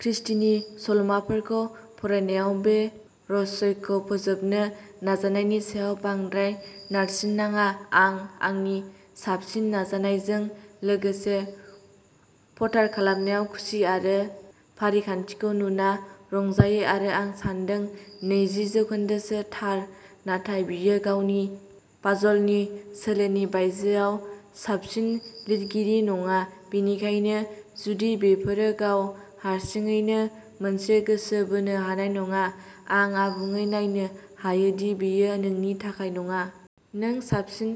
क्रिस्टीनि सल'माफोरखौ फरायनायाव बे रहस्यखौ फोजोबनो नाजानायनि सायाव बांद्राय नारसिननाङा, आं आंनि साबसिन नाजानायजों लोगोसे पटार खालामनायाव खुसि आरो फारिखान्थिखौ नुना रंजायो, आरो आं सान्दों नैजि जौखोन्दोसो थार, नाथाय बियो गावनि पाजलनि सोलोनि बायजोआव साबसिन लिरगिरि नङा, बेनिखायनो जुदि बेफोरो गाव हारसिङैनो मोनसे गोसो बोनो हानाय नङा, आं आबुङै नायनो हायो दि बेयो नोंनि थाखाय नङा! नों साबसिन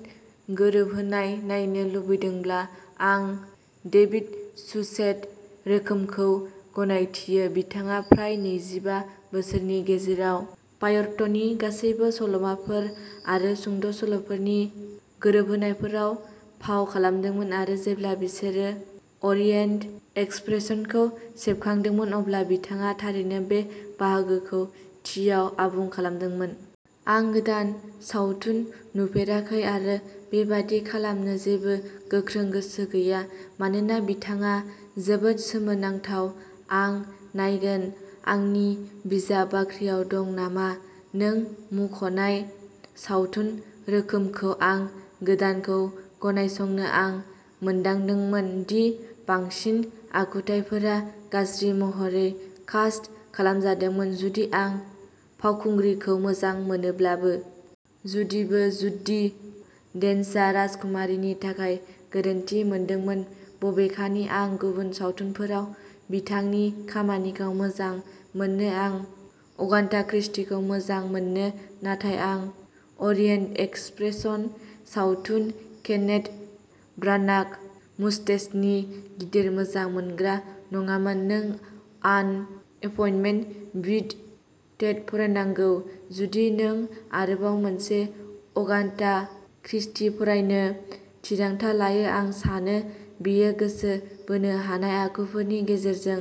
गोरोबहोनाय नायनो लुबैदोंब्ला, आं डेभिड सुचेत रोखोमखौ गनायथियो। बिथाङा फ्राय नैजिबा बोसोरनि गेजेराव पायर'टनि गासैबो सल'माफोर आरो सुंद'सल'फोरनि गोरोबहोनायफोराव फाव खालामदोंमोन, आरो जेब्ला बिसोरो अरियेन्ट एक्सप्रेसखौ सेबखांदोंमोन, अब्ला बिथाङा थारैनो बे बाहागोखौ टिआव आबुं खालामदोंमोन। आं गोदान सावथुन नुफेराखै आरो बेबादि खालामनो जेबो गोख्रों गोसो गैया, मानोना बिथांनिआ जोबोद सोमोनांथाव। आं नायगोन आंनि बिजाब बाख्रियाव दं नामा। नों मुंख'नाय सावथुन रोखोमखौ। आं गोदानखौ गनायस'नो। आं मोनदांदोंमोन दि बांसिन आखुथाइफोरा गाज्रि महरै कास्ट खालामजादोंमोन, जुदि आं फावखुंगुरखौ मोजां मोनोब्लाबो। जुदिबो जुडी डेन्चआ राजकुमारीनि थाखाय गोरोन्थि मोनदोंमोन, बबेखानि आं गुबुन सावथुनफोराव बिथांनि खामानिखौ मोजां मोनो। आं अगाथा क्रिस्टीखौ मोजां मोनो, नाथाय आं अरियेन्ट एक्सप्रेस सावथुन, केनेथ ब्रानाग, मुस्टेसनि गिदिर मोजां मोनग्रा नङामोन। नों आन एपइन्टमेन्ट विद डेथ फरायनांगौ जुदि नों आरोबाव मोनसे अगाथा क्रिस्टी फरायनो थिरांथा लायो, आं सानो बेयो गोसो बोनो हानाय आखुफोरनि गेजेरजों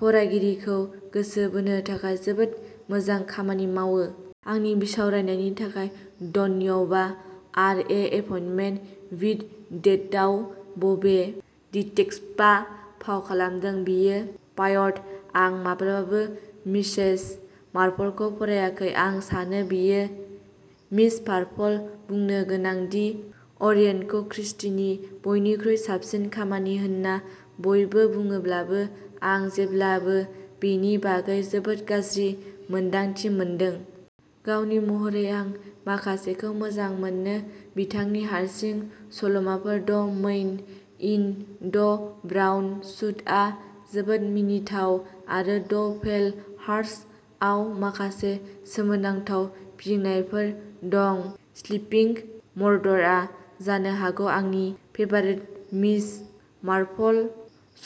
फरायगिरिखौ गोसो बोनो थाखाय जोबोद मोजां खामानि मावो। आंनि बिसावरायनायनि थाखाय धन्यबा, आर एन एपइन्टमेन्ट विद डेथआव बबे डिटेक्टिभआ फाव खालामदों? बेयो पायर'ट! आं माब्लाबाबो मिसेस मार्पलखौ फरायाखै! आं सानो बेयो मिस मार्पल। बुंनो गोनां दि अरियेन्टखौ क्रिस्टीनि बयनिख्रुइ साबसिन खामानि होन्ना बयबो बुङोब्लाबो, आं जेब्लाबो बेनि बागै जोबोद गाज्रि मोन्दांथि मोनदों। गावारि महरै, आं माखासेखौ मोजां मोनो। बिथांनि हारसिं सल'माफोर 'द मैन इन द ब्राउन सूट'आ जोबोद मिनिथाव, आरो 'द पेल हार्स' आव माखासे सोमोनांथाव फिदिंनायफोर दं।'स्लीपिंग मर्डर'आ जानो हागौ आंनि फेबारिट मिस मार्पल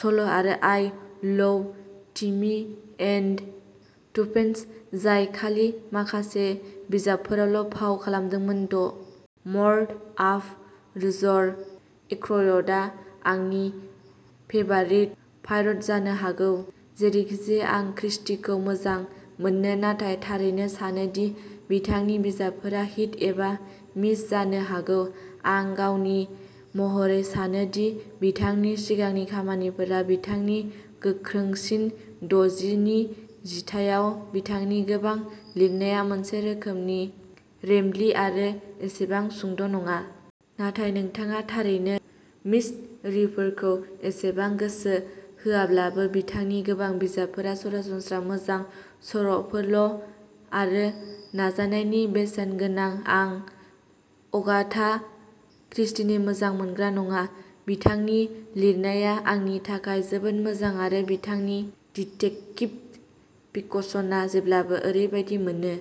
सल', आरो I love Tommy and Tuppence, जाय खालि माखासे बिजाबफोरावल' फाव खालामदोंमोन।'द मर्डर ऑफ रोजर एक्रयड'आ आंनि फेबारिट पायरट जानो हागौ। जेरैखिजाया, आं क्रिस्टीखौ मोजां मोनो, नाथाय थारैनो सानो दि बिथांनि बिजाबफोरा हिट एबा मिस जानो हागौ। आं गावारि महरै सानो दि बिथांनि सिगांनि खामानिफोरा बिथांनि गोख्रोंसिन-द'जि नि जिथायाव बिथांनि गोबां लिरनाया मोनसे रोखोमनि रेम्बली आरो एसेबां सुंद' नङा। नाथाय नोंथाङा थारैनो मिस्टरीफोरखौ एसेबां गोसो होआब्लाबो, बिथांनि गोबां बिजाबफोरा सरासनस्रा मोजां सल'फोरल', आरो नाजानायनि बेसेन गोनां। आं अगाथा क्रिस्टीनि मोजां मोनग्रा नङा, बिथांनि लिरनाया आंनि थाखाय जोबोद मोजां, आरो बिथांनि डिटेक्टिभ फिक्शनआ जेब्लाबो ओरैबादि मोनो।